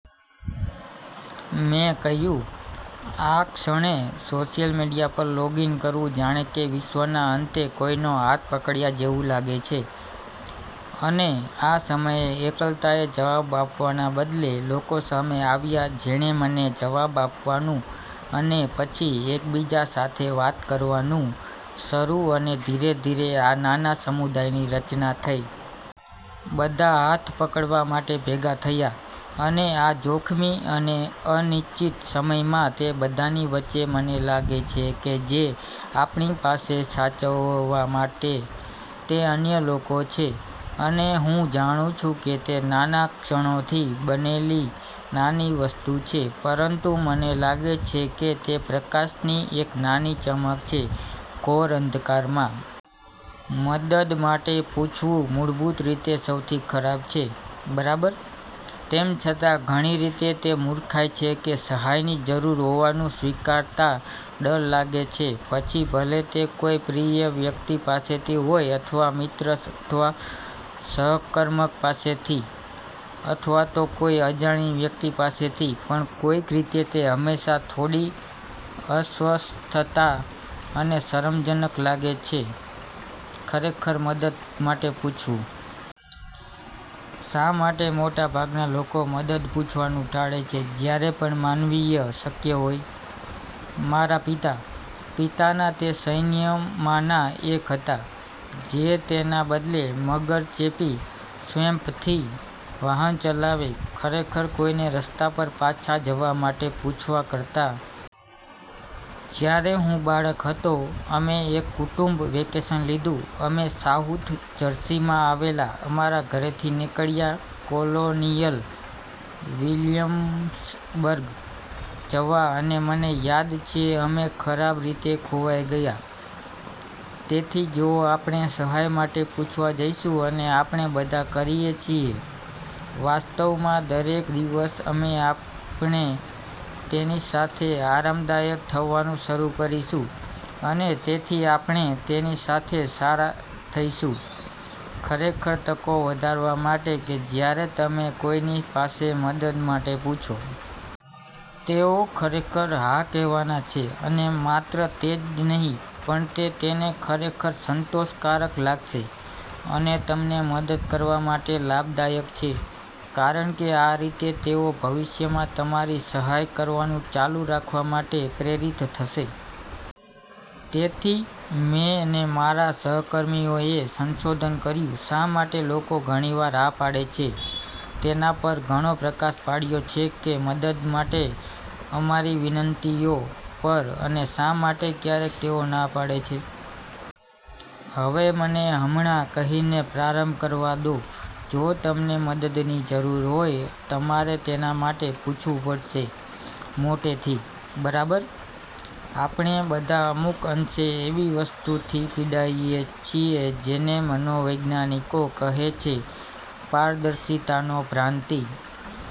મેં કહ્યું, "આ ક્ષણે સોશિયલ મીડિયા પર લોગ ઇન કરવું જાણે કે વિશ્વના અંતે કોઈનો હાથ પક્ડયાં જેવું લાગે છે" અને આ સમયે એકલતાએ જવાબ આપવાનાં બદલે લોકો સામે આવ્યાં જેણે મને જવાબ આપવાનું અને પછી એકબીજા સાથે વાત કરવાનું શરૂ અને ધીરે ધીરે આ નાના સમુદાયની રચના થઈ. બધા હાથ પકડવા માટે ભેગા થયા. અને આ જોખમી અને અનિશ્ચિત સમયમાં તે બધાની વચ્ચે મને લાગે છે કે જે આપણી પાસે સાચવવા માટે તે અન્ય લોકો છે. અને હું જાણું છું કે તે નાના ક્ષણોથી બનેલી નાની વસ્તુ છે પરંતુ મને લાગે છે કે તે પ્રકાશની એક નાની ચમક છે ઘોર અંધકારમાં. મદદ માટે પૂછવુ મૂળભૂત રીતે સૌથી ખરાબ છે, બરાબર? તેમ છતાં ઘણી રીતે તે મૂર્ખાઇ છે કે સહાયની જરૂર હોવાનું સ્વીકારતા ડર લાગે છે પછી ભલે તે કોઈ પ્રિય વ્યક્તિ પાસેથી હોય અથવા મિત્ર અથવા સહકર્મક પાસેથી અથવા તો કોઈ અજાણી વ્યક્તિ પાસેથી પણ કોઈક રીતે તે હંમેશા થોડી અસ્વસ્થતા અને શરમજનક લાગે છે ખરેખર મદદ માટે પૂછવું. શા માટે મોટાભાગના લોકો મદદ પૂછવાનું ટાળે છે જ્યારે પણ માનવીય શક્ય હોય? મારા પિતા, પિતાના તે સૈન્યમાંના એક હતા જે તેના બદલે મગર-ચેપી સ્વેમ્પથી વાહન ચલાવે ખરેખર કોઈને રસ્તા પર પાછા જવા માટે પૂછવા કરતાં. જ્યારે હું બાળક હતો, અમે એક કુટુંબ વેકેશન લીધું. અમે સાઉથ જર્સીમાં આવેલા અમારા ઘરેથી નીકળ્યા કોલોનિયલ વિલિયમ્સબર્ગ જવા અને મને યાદ છે અમે ખરાબ રીતે ખોવાઈ ગયા. તેથી જો આપણે સહાય માટે પૂછવા જઈશું અને આપણે બધા કરીએ છીએ, વાસ્ત્વમા દરેક દિવસ અમે આપણે તેની સાથે આરામદાયક થવાનું શરૂ કરીશું અને તેથી આપણે તેની સાથે સારા થઈશુ ખરેખર તકો વધારવા માટે કે જ્યારે તમે કોઈની પાસે મદદ માટે પૂછો. તેઓ ખરેખર હા કહેવાના છે. અને માત્ર તે જ નહીં, પણ તે તેને ખરેખર સંતોષકારક લાગશે. અને તમને મદદ કરવા માટે લાભદાયક છે કારણકે આ રીતે, તેઓ ભવિષ્યમાં તમારી સહાય કરવાનું ચાલુ રાખવા માટે પ્રેરિત થશે. તેથી મેં ને મારા સહકર્મીઓએ સંશોધન કર્યું, "શા માટે લોકો ઘણી વાર હા પાડે છે?" તેના પર ઘણો પ્રકાશ પાડ્યો છે કે મદદ માટે અમારી વિનંતીઓ પર અને "શા માટે ક્યારેક તેઓ ના પાડે છે?" હવે મને હમણાં કહીને પ્રારંભ કરવા દો, જો તમને મદદની જરૂર હોય, તમારે તેના માટે પૂછવું પડશે. મોટેથી. બરાબર? આપણે બધા અમુક અંશે એવી વસ્તુથી પીડાઇએ છીએ જેને મનોવૈજ્ઞાનિકો કહે છે "પારદર્શિતાનો ભ્રાંતિ".